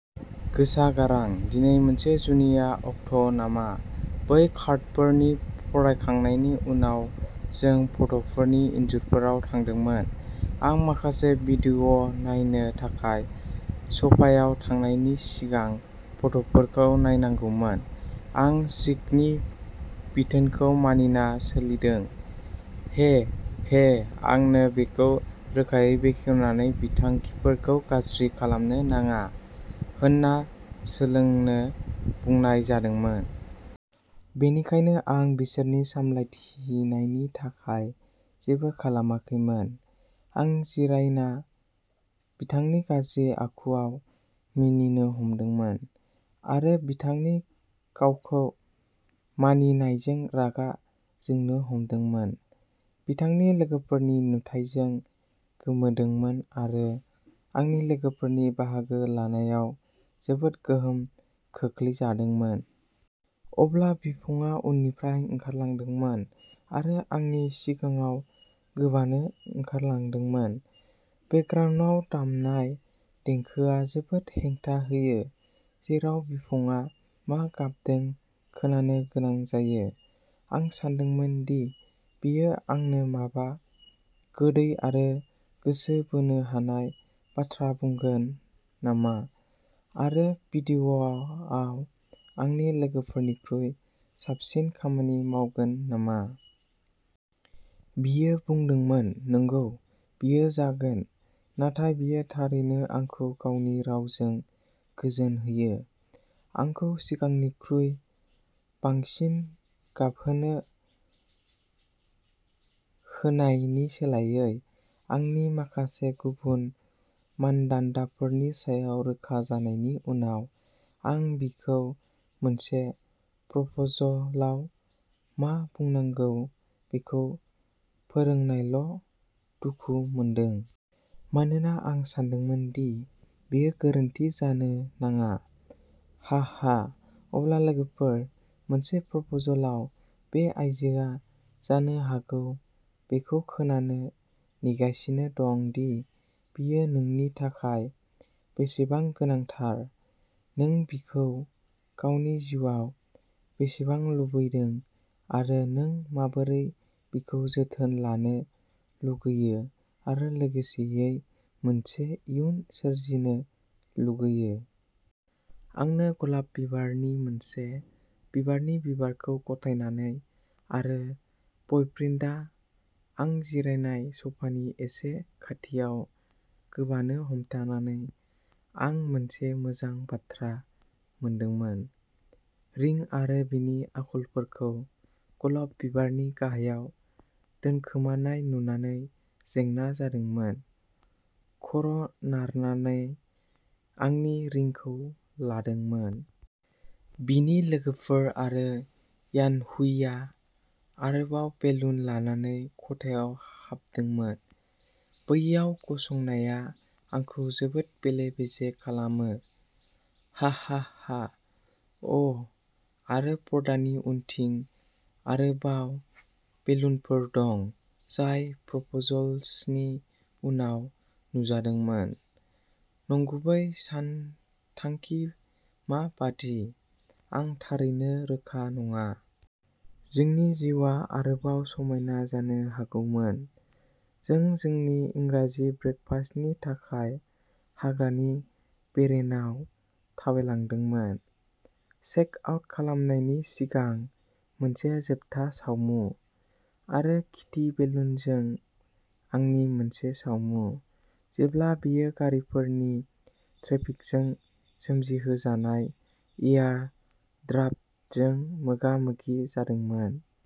गोसा गारां "दिनै मोनसे जुनिया अक्ट'नामा?". बै कार्डफोरखौ फरायखांनायनि उनाव जों फट'फोरनि इन्जुरफोराव थांदोंमोन। आं माखासे भिडिअ' नायनो थाखाय स'फायाव थांनायनि सिगां फट'फोरखौ नायनांगौमोन। आं चिंगनि बिथोनखौ मानिना सोलिदों। हे हे आंनो बेखौ रोखायै बेखेवनानै बिथांखिफोरखौ गाज्रि खालामनो नाङा होनना सोलोंनो बुंनाय जादोंमोन। बेनिखायनो आं बिसोरनि सामलायथिनायनि थाखाय जेबो खालामाखैमोन। आं जिरायना बिथांनि गाज्रि आखुआव मिनिनो हमदोंमोन आरो बिथांनि गावखौ मानिनायजों रागा जोंनो हमदोंमोन, बिथांनि लोगोफोरनि नुथाइजों गोमोदोंमोन आरो आंनि लोगोफोरनि बाहागो लानायाव जोबोद गोहोम खोख्लैजादोंमोन। अब्ला बिफंआ उननिफ्राय ओंखारलांदोंमोन आरो आंनि सिगाङाव गोबानो ओंखारदोंमोन। बेकग्राउन्दआव दामनाय देंखोआ जोबोद हेंथा होयो, जेराव बिफंआ मा गाबदों खोनानो गोनां जायो। आं सोंदोंमोन दि बियो आंनो माबा गोदै आरो गोसो बोनो हानाय बाथ्रा बुंगोन नामा आरो भिडिअ'आव आंनि लोगोफोरनिख्रुइ साबसिन खामानि मावगोन नामा। बियो बुंदोंमोन नंगौ, बियो जागोन। नाथाय, बियो थारैनो आंखौ गावनि रावजों गोजोन होयो, आंखौ सिगांनिख्रुइ बांसिन गाबहोनो होनायनि सोलायै। आंनि माखासे गुबुन मानदान्दाफोरनि सायाव रोखा जानायनि उनाव, आं बिखौ मोनसे प्रप'जलाव मा बुंनांगौ बेखौ फोरोंनायल' दुखु मोनदों। मानोना आं सानदोंमोन दि बेयो गोरोन्थि जानो नाङा। हा हा अब्ला लोगोफोर, मोनसे प्रप'जलाव, बे आइजोआ जानो हागौ बेखौ खोनानो नेगासिनो दं दि बियो नोंनि थाखाय बेसेबां गोनांथार, नों बिखौ गावनि जिउआव बेसेबां लुबैदों आरो नों माबोरै बिखौ जोथोन लानो लुगैयो आरो लोगोसेयै मोनसे इयुन सोरजिनो लुगैयो। आंनो गलाब बिबारनि मोनसे बिबारनि बिबारखौ गथायनानै आरो बइप्रिन्टआ आं जिरायनाय स'फानि एसे खाथियाव गोबानो हमथानानै, आं मोनसे मोजां बाथ्रा मोनदोंमोन। रिं आरो बिनि आखलफोरखौ गलाब बिबारनि गाहायाव दोनखोमानाय नुनानै जेंना जादोंमोन। खर'नारनानै आंनि रिंखौ लादोंमोन। बिनि लोगोफोर आरो यानहुईआ आरोबाव बेलुन लानानै खथायाव हाबदोंमोन। बैयाव गसंनाया आंखौ जोबोद बेले-बेजे खालामो। हाहाहा अ' आरो पर्दानि उनथिं आरोबाव बेलुनफोर दं, जाय प्रप'जलसनि उनाव नुजादोंमोन। नंगुबै सानथांखि मा बायदि, आं थारैनो रोखा नङा। जोंनि जिउआ आरोबाव समायना जानो हागौमोन। जों जोंनि इंराजि ब्रेकफास्टनि थाखाय हाग्रानि बेरेनाव थाबायलांदोंमोन। चेक आउट खालामनायनि सिगां मोनसे जोबथा सावमु। आरो किटि बेलुनजों आंनि मोनसे सावमु, जेब्ला बेयो गारिफोरनि ट्रेफिकजों सोमजिहोजानाय एयार ड्राफ्टजों मोगा-मोगि जादोंमोन।